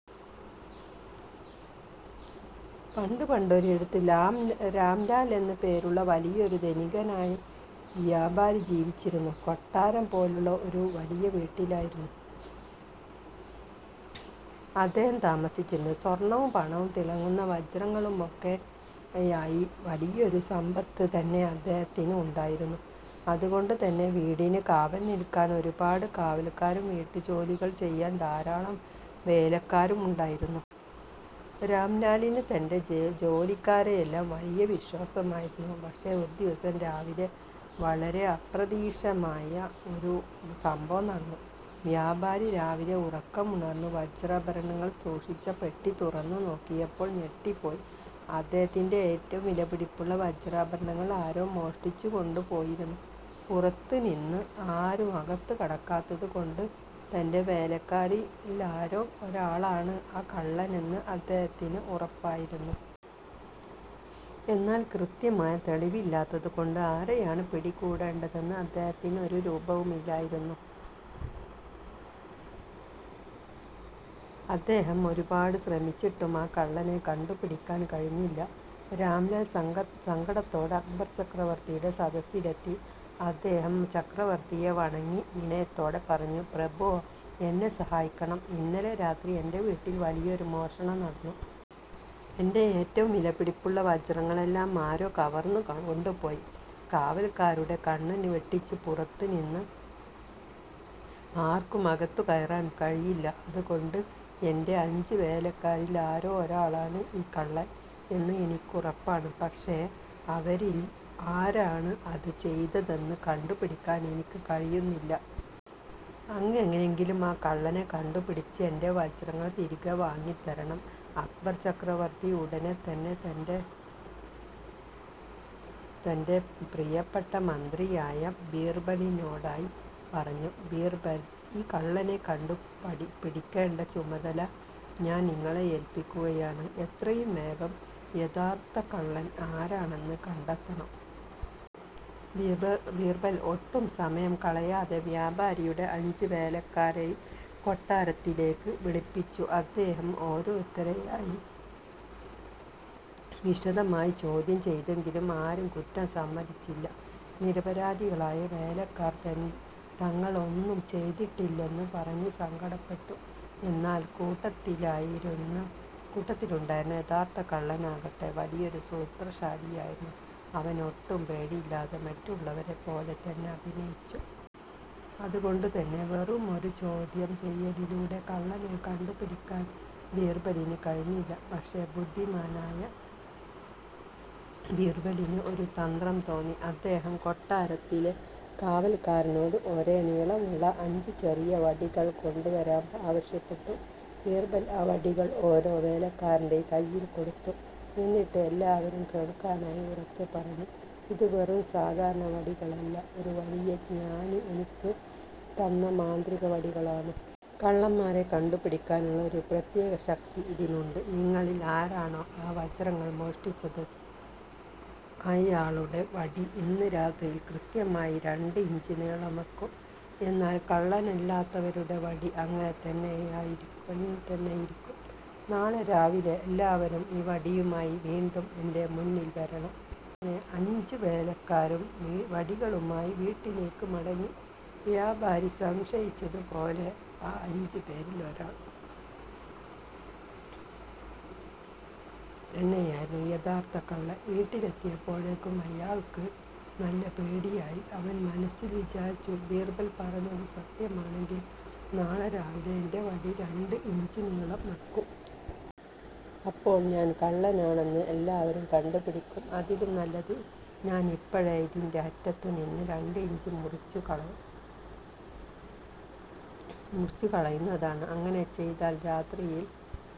പണ്ട് പണ്ടൊരിടത്ത്, രാം രാംലാൽ എന്ന് പേരുള്ള വലിയൊരു ധനികനായ വ്യാപാരി ജീവിച്ചിരുന്നു. കൊട്ടാരം പോലുള്ള ഒരു വലിയ വീട്ടിലായിരുന്നു അദ്ദേഹം താമസിച്ചിരുന്നത്. സ്വർണവും പണവും തിളങ്ങുന്ന വജ്രങ്ങളുമൊക്കെയായി വലിയൊരു സമ്പത്ത് തന്നെ അദ്ദേഹത്തിന് ഉണ്ടായിരുന്നു. അതുകൊണ്ട് തന്നെ വീടിന് കാവൽ നിൽക്കാൻ ഒരുപാട് കാവൽക്കാരും, വീട്ടുജോലികൾ ചെയ്യാൻ ധാരാളം വേലക്കാരുമുണ്ടായിരുന്നു. രാംലാലിന് തന്റെ ജെ ജോലിക്കാരെയെല്ലാം വലിയ വിശ്വാസമായിരുന്നു. പക്ഷേ, ഒരു ദിവസം രാവിലെ വളരെ അപ്രതീക്ഷിതമായ ഒരു സംഭവം നടന്നു! വ്യാപാരി രാവിലെ ഉറക്കമുണർന്ന് വജ്രാഭരണങ്ങൾ സൂക്ഷിച്ച പെട്ടി തുറന്നു നോക്കിയപ്പോൾ ഞെട്ടിപ്പോയി. അദ്ദേഹത്തിന്റെ ഏറ്റവും വിലപിടിപ്പുള്ള വജ്രാഭരണങ്ങൾ ആരോ മോഷ്ടിച്ചുകൊണ്ട് പോയിരുന്നു! പുറത്തുനിന്ന് ആരും അകത്തു കടക്കാത്തതു കൊണ്ട്, തന്റെ വേലക്കാരിൽ ആരോ ഒരാളാണ് ആ കള്ളനെന്ന് അദ്ദേഹത്തിന് ഉറപ്പായിരുന്നു. എന്നാൽ, കൃത്യമായ തെളിവില്ലാത്തതു കൊണ്ട് ആരെയാണ് പിടികൂടേണ്ടതെന്ന് അദ്ദേഹത്തിന് ഒരു രൂപവുമില്ലായിരുന്നു. അദ്ദേഹം ഒരുപാട് ശ്രമിച്ചിട്ടും ആ കള്ളനെ കണ്ടുപിടിക്കാൻ കഴിഞ്ഞില്ല. രാംലാൽ സങ്കടത്തോടെ അക്ബർ ചക്രവർത്തിയുടെ സദസ്സിലെത്തി. അദ്ദേഹം ചക്രവർത്തിയെ വണങ്ങി വിനയത്തോടെ പറഞ്ഞു: "പ്രഭോ, എന്നെ സഹായിക്കണം! ഇന്നലെ രാത്രി എന്റെ വീട്ടിൽ വലിയൊരു മോഷണം നടന്നു. എന്റെ ഏറ്റവും വിലപിടിപ്പുള്ള വജ്രങ്ങളെല്ലാം ആരോ കവർന്നു കൊണ്ടുപോയി. കാവൽക്കാരുടെ കണ്ണ് വെട്ടിച്ച് പുറത്തു നിന്ന് ആർക്കും അകത്തുകയറാൻ കഴിയില്ല. അതുകൊണ്ട് എന്റെ അഞ്ച് വേലക്കാരിൽ ആരോ ഒരാളാണ് ഈ കള്ളൻ എന്ന് എനിക്കുറപ്പാണ്. പക്ഷേ, അവരിൽ ആരാണ് അത് ചെയ്തതെന്ന് കണ്ടുപിടിക്കാൻ എനിക്ക് കഴിയുന്നില്ല. അങ്ങ് എങ്ങനെയെങ്കിലും ആ കള്ളനെ കണ്ടുപിടിച്ച് എന്റെ വജ്രങ്ങൾ തിരികെ വാങ്ങിത്തരണം. " അക്ബർ ചക്രവർത്തി ഉടനെ തന്നെ തന്റെ പ്രിയപ്പെട്ട മന്ത്രിയായ ബീർബലിനോടായി പറഞ്ഞു: "ബീർബൽ, ഈ കള്ളനെ കണ്ടുപിടിക്കേണ്ട ചുമതല ഞാൻ നിങ്ങളെ ഏൽപ്പിക്കുകയാണ്. എത്രയും വേഗം യഥാർഥ കള്ളൻ ആരാണെന്ന് കണ്ടെത്തണം. " ബീർബൽ ഒട്ടും സമയം കളയാതെ വ്യാപാരിയുടെ അഞ്ച് വേലക്കാരെയും കൊട്ടാരത്തിലേക്ക് വിളിപ്പിച്ചു. അദ്ദേഹം ഓരോരുത്തരെയായി വിശദമായി ചോദ്യം ചെയ്തെങ്കിലും ആരും കുറ്റം സമ്മതിച്ചില്ല. നിരപരാധികളായ വേലക്കാർ തങ്ങൾ ഒന്നും ചെയ്തിട്ടില്ലെന്ന് പറഞ്ഞ് സങ്കടപ്പെട്ടു. എന്നാൽ, കൂട്ടത്തിലുണ്ടായിരുന്ന യഥാർത്ഥ കള്ളനാകട്ടെ വലിയൊരു സൂത്രശാലിയായിരുന്നു! അവൻ ഒട്ടും പേടിയില്ലാതെ മറ്റുള്ളവരെപ്പോലെ തന്നെ അഭിനയിച്ചു. അതുകൊണ്ടുതന്നെ വെറുമൊരു ചോദ്യം ചെയ്യലിലൂടെ കള്ളനെ കണ്ടുപിടിക്കാൻ ബീർബലിന് കഴിഞ്ഞില്ല. പക്ഷേ, ബുദ്ധിമാനായ ബിർബലിന് ഒരു തന്ത്രം തോന്നി. അദ്ദേഹം കൊട്ടാരത്തിലെ കാവൽക്കാരനോട് ഒരേ നീളമുള്ള അഞ്ച് ചെറിയ വടികൾ കൊണ്ടുവരാൻ ആവശ്യപ്പെട്ടു. ബീർബൽ ആ വടികൾ ഓരോ വേലക്കാരന്റെയും കയ്യിൽ കൊടുത്തു. എന്നിട്ട് എല്ലാവരും കേൾക്കാനായി ഉറക്കെ പറഞ്ഞു: "ഇത് വെറും സാധാരണ വടികളല്ല, ഒരു വലിയ ജ്ഞാനി എനിക്ക് തന്ന മാന്ത്രിക വടികളാണ്! കള്ളന്മാരെ കണ്ടുപിടിക്കാനുള്ള ഒരു പ്രത്യേക ശക്തി ഇതിനുണ്ട്. നിങ്ങളിൽ ആരാണോ ആ വജ്രങ്ങൾ മോഷ്ടിച്ചത്, അയാളുടെ വടി ഇന്ന് രാത്രിയിൽ കൃത്യമായി രണ്ട് ഇഞ്ച് നീളം വയ്ക്കും! എന്നാൽ കള്ളനല്ലാത്തവരുടെ വടി അങ്ങനെ തന്നെയിരിക്കും. നാളെ രാവിലെ എല്ലാവരും ഈ വടിയുമായി വീണ്ടും എന്റെ മുന്നിൽ വരണം. " അങ്ങനെ അഞ്ച് വേലക്കാരും വടികളുമായി വീട്ടിലേക്ക് മടങ്ങി. വ്യാപാരി സംശയിച്ചതുപോലെ ആ അഞ്ചുപേരിൽ ഒരാൾ തന്നെയായിരുന്നു യഥാർഥ കള്ളൻ! വീട്ടിലെത്തിയപ്പോഴേക്കും അയാൾക്ക് നല്ല പേടിയായി. അവൻ മനസ്സിൽ വിചാരിച്ചു: "ബീർബൽ പറഞ്ഞത് സത്യമാണെങ്കിൽ നാളെ രാവിലെ എന്റെ വടി രണ്ട് ഇഞ്ച് നീളം വയ്ക്കും! അപ്പോൾ ഞാൻ കള്ളനാണെന്ന് എല്ലാവരും കണ്ടുപിടിക്കും. അതിലും നല്ലത് ഞാൻ ഇപ്പോഴേ ഇതിന്റെ അറ്റത്തു നിന്ന് രണ്ട് ഇഞ്ച് മുറിച്ചുകളയുന്നതാണ്! അങ്ങനെ ചെയ്താൽ രാത്രിയിൽ